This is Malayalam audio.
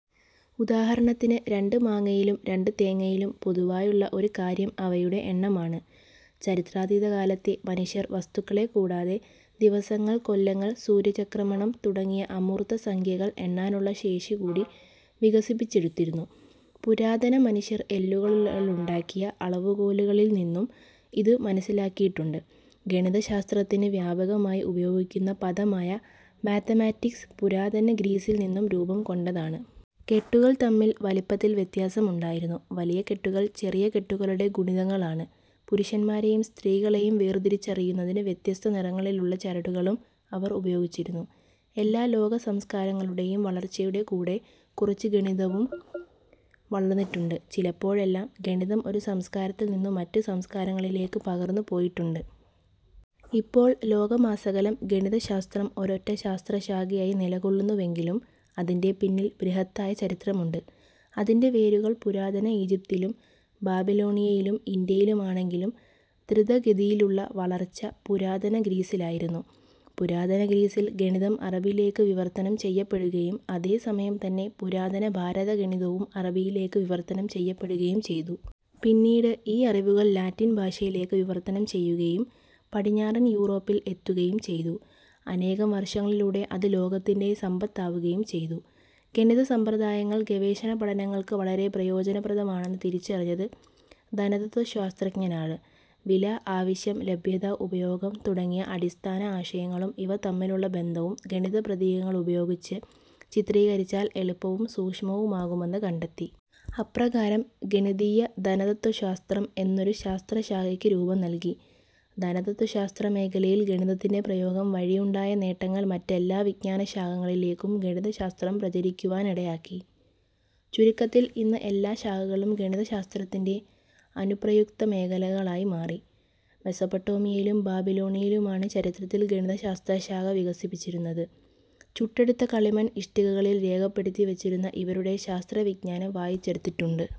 ഉദാഹരണത്തിന് രണ്ട് മാങ്ങയിലും, രണ്ട് തേങ്ങയിലും പൊതുവായുള്ള ഒരു കാര്യം അവയുടെ എണ്ണമാണ്. ചരിത്രാതീതകാലത്തെ മനുഷ്യർ വസ്തുക്കളെ കൂടാതെ, ദിവസങ്ങൾ, കൊല്ലങ്ങൾ, സൂര്യചക്രമണം തുടങ്ങിയ അമൂർത്ത സംഖ്യകൾ എണ്ണാനുള്ള ശേഷികൂടി വികസിപ്പിച്ചെടുത്തിരുന്നു. പുരാതന മനുഷ്യർ എല്ലുകളാലുണ്ടാക്കിയ അളവുകോലുകളിൽ നിന്നും ഇതു് മനസ്സിലാക്കിയിട്ടുണ്ട് ഗണിതശാസ്ത്രത്തിനു് വ്യാപകമായി ഉപയോഗിക്കുന്ന പദമായ മാത്താമാറ്റിക്സ്, പുരാതന ഗ്രീസിൽ നിന്നും രൂപംകൊണ്ടതാണ്. കെട്ടുകൾ തമ്മിൽ വലിപ്പത്തിൽ വ്യത്യാസം ഉണ്ടായിരുന്നു. വലിയ കെട്ടുകൾ ചെറിയ കെട്ടുകളുടെ ഗുണിതങ്ങളാണ്. പുരുഷന്മാരെയും സ്ത്രീകളേയും വേർതിരിച്ചറിയുന്നതിന് വ്യത്യസ്ത നിറങ്ങളിലുള്ള ചരടുകളും അവർ ഉപയോഗിച്ചിരുന്നു എല്ലാ ലോക സംസ്ക്കാരങ്ങളുടെയും വളർച്ചയുടെ കൂടെ കുറച്ചു ഗണിതവും വളർന്നിട്ടുണ്ട്. ചിലപ്പോഴെല്ലാം, ഗണിതം ഒരു സംസ്ക്കാരത്തിൽ നിന്നു മറ്റു സംസ്ക്കാരങ്ങളിലേയ്ക്കു പകർന്നു പോയിട്ടുണ്ട്. ഇപ്പോൾ ലോകമാസകലം ഗണിതശാസ്ത്രം ഒരൊറ്റ ശാസ്ത്രശാഖയായി നിലകൊള്ളുന്നുവെങ്കിലും, അതിന്റെ പിന്നിൽ ബൃഹത്തായ ചരിത്രമുണ്ട്. അതിന്റെ വേരുകൾ പുരാതന ഈജിപ്തിലും, ബാബിലോണിയയിലും, ഇന്ത്യയിലുമാണെങ്കിലും, ധൃതഗതിയിലുള്ള വളർച്ച പുരാതന ഗ്രീസിലായിരുന്നു. പുരാതന ഗ്രീസിൽ ഗണിതം അറബിയിലേയ്ക്കു വിവർത്തനം ചെയ്യപ്പെടുകയും, അതേ സമയം തന്നെ പുരാതനഭാരത ഗണിതവും അറബിയിലേക്ക് വിവർത്തനം ചെയ്യപ്പെടുകയും ചെയ്തു. പിന്നീടു് ഈ അറിവുകൾ ലാറ്റിൻ ഭാഷയിലേക്ക് വിവർത്തനം ചെയ്യുകയും പടിഞ്ഞാറൻ യൂറോപ്പിൽ എത്തുകയും ചെയ്തു. അനേകം വർഷങ്ങളിലൂടെ അതു ലോകത്തിന്റെ സമ്പത്താവുകയും ചെയ്തു. ഗണിതസമ്പ്രദായങ്ങൾ ഗവേഷണപഠനങ്ങൾക്ക് വളരെ പ്രയോജനപ്രദമാണെന്ന് തിരിച്ചറിഞ്ഞത് ധനതത്വശാസ്ത്രജ്ഞരാണ്. വില, ആവശ്യം, ലഭ്യത, ഉപയോഗം തുടങ്ങിയ അടിസ്ഥാന ആശയങ്ങളും ഇവ തമ്മിലുള്ള ബന്ധവും ഗണിതപ്രതീകങ്ങളുപയോഗിച്ച് ചിത്രീകരിച്ചാൽ എളുപ്പവും സൂക്ഷ്മവുമാകുമെന്ന് കണ്ടെത്തി. അപ്രകാരം ഗണിതീയ ധനതത്വശാസ്ത്രം എന്നൊരു ശാസ്ത്രശാഖക്ക് രൂപം നൽകി. ധനതത്വശാസ്ത്രമേഖലയിൽ ഗണിതത്തിന്റെ പ്രയോഗം വഴിയുണ്ടായ നേട്ടങ്ങൾ മറ്റെല്ലാ വിജ്ഞാനശാഖകളിലേക്കും ഗണിതശാസ്ത്രം പ്രചരിക്കുവാനിടയാക്കി. ചുരുക്കത്തിൽ ഇന്ന് എല്ലാ ശാഖകളും ഗണിതശാസ്ത്രത്തിന്റെ അനുപ്രയുക്ത മേഖലകളായി മാറി. മെസ്സൊപ്പൊട്ടോമിയയിലും ബാബിലോണിയയിലുമാണ് ചരിത്രത്തിൽ ഗണിതശാസ്ത്രശാഖ വികസിച്ചിരുന്നത്. ചുട്ടെടുത്ത കളിമൺ ഇഷ്ടികകളിൽ രേഖപ്പെടുത്തി വെച്ചിരുന്ന ഇവരുടെ ശാസ്ത്രവിജ്ഞാനം വായിച്ചെടുത്തിട്ടുണ്ട്.